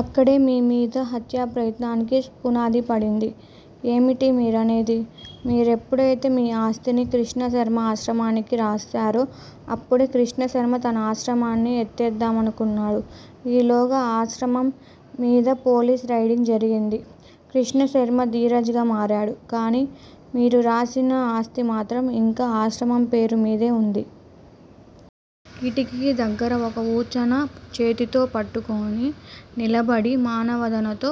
అక్కడే మీ మీద హత్యా ప్రయత్నానికి పునాది పడింది. ఏమిటి మీరు అనేది? మీరెప్పుడైతే మీ ఆస్తిని కృష్ణశర్మ ఆశ్రమానికి రాసారో అప్పడే కృష్ణశర్మ తన ఆశ్రమాన్ని ఎత్తేద్దామనుకున్నారు. ఈలోగా ఆ ఆశ్రమం మీద పోలీసులు రెయిడింగ్ జరిగింది. కృష్ణశర్మ ధీరజ్ గా మారాడు. కానీ మీర్రాసిన ఆస్తి మాత్రం ఇంకా ఆ ఆశ్రమం పేరు మీదే వుంది. కిటికీ దగ్గర ఒక వూచను చేత్తో పట్టుకుని నిలబడి మ్లానవదనతో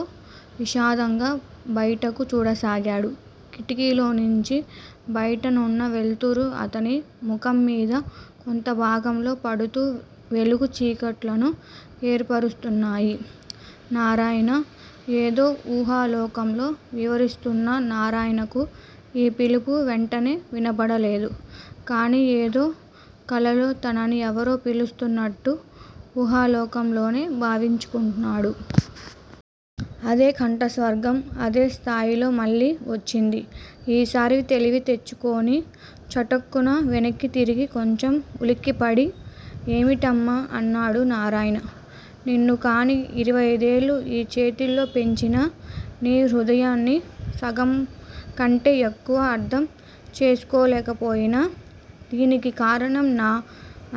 విషాదంగా, బయటకు చూడసాగాడు, కిటికీలోంచి బయటనున్న వెలుతురు అతని ముఖంమీద కొంతభాగంలో పడుతూ వెలుగు చీకట్లను ఏర్పరుస్తున్నాయి. నారాయణా! ఏదో ఊహాలోకంలో వివరిస్తున్న నారాయణకు ఈ పిలుపు వెంటనే వినబడలేదు. కాని ఏదో కలలో తనని ఎవరో పిలుస్తున్నట్లు ఊహాలోకంలోనే భావించుకున్నాడు. అదే కంఠస్వరం అదేస్థాయిలో మళ్ళీ వచ్చింది. ఈసారి తెలివి తెచ్చుకుని చటుక్కున వెనక్కి తిరిగి కొంచెం ఉలిక్కిపడి ఏమిటమ్మా? అన్నాడు. నారాయణా! నిన్ను కాని యిరవైయైదేళ్ళు ఈ చేతుల్తో పెంచినా నీ హృదయాన్ని సగంకంటే యెక్కువ అర్థం చేసుకోలేకపోయాన. దీనికి కారణం నా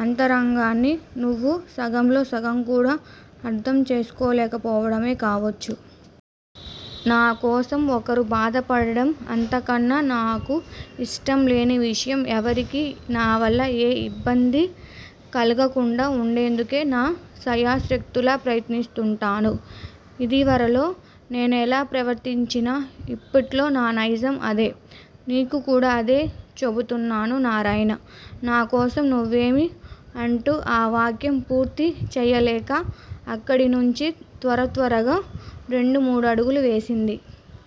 అంతరంగాన్ని నువ్వు సగంలో సగంకూడా అర్థం చేసుకోలేకపోవడమే కావచ్చు. నా కోసం ఒకరు బాధపడటం అంతకన్నా నాకు ఇష్టంలేని విషయం ఎవరికీ నావల్ల ఏ యిబ్బందీ కలగకుండా వుండేందుకు నా శాయశక్తులా ప్రయత్నిస్తుంటాను. ఇదివరలో నేనెలా ప్రవర్తించినా ఇప్పట్లో నా నైజం అదే. నీకు కూడా అదే చెబుతున్నాను నారాయణా! నా కోసం నువ్వేమీ అంటూ ఆ వాక్యం పూర్తి చేయలేక అక్కడ్నుంచి త్వరత్వరగా రెండు మూడడుగులు వేసింది.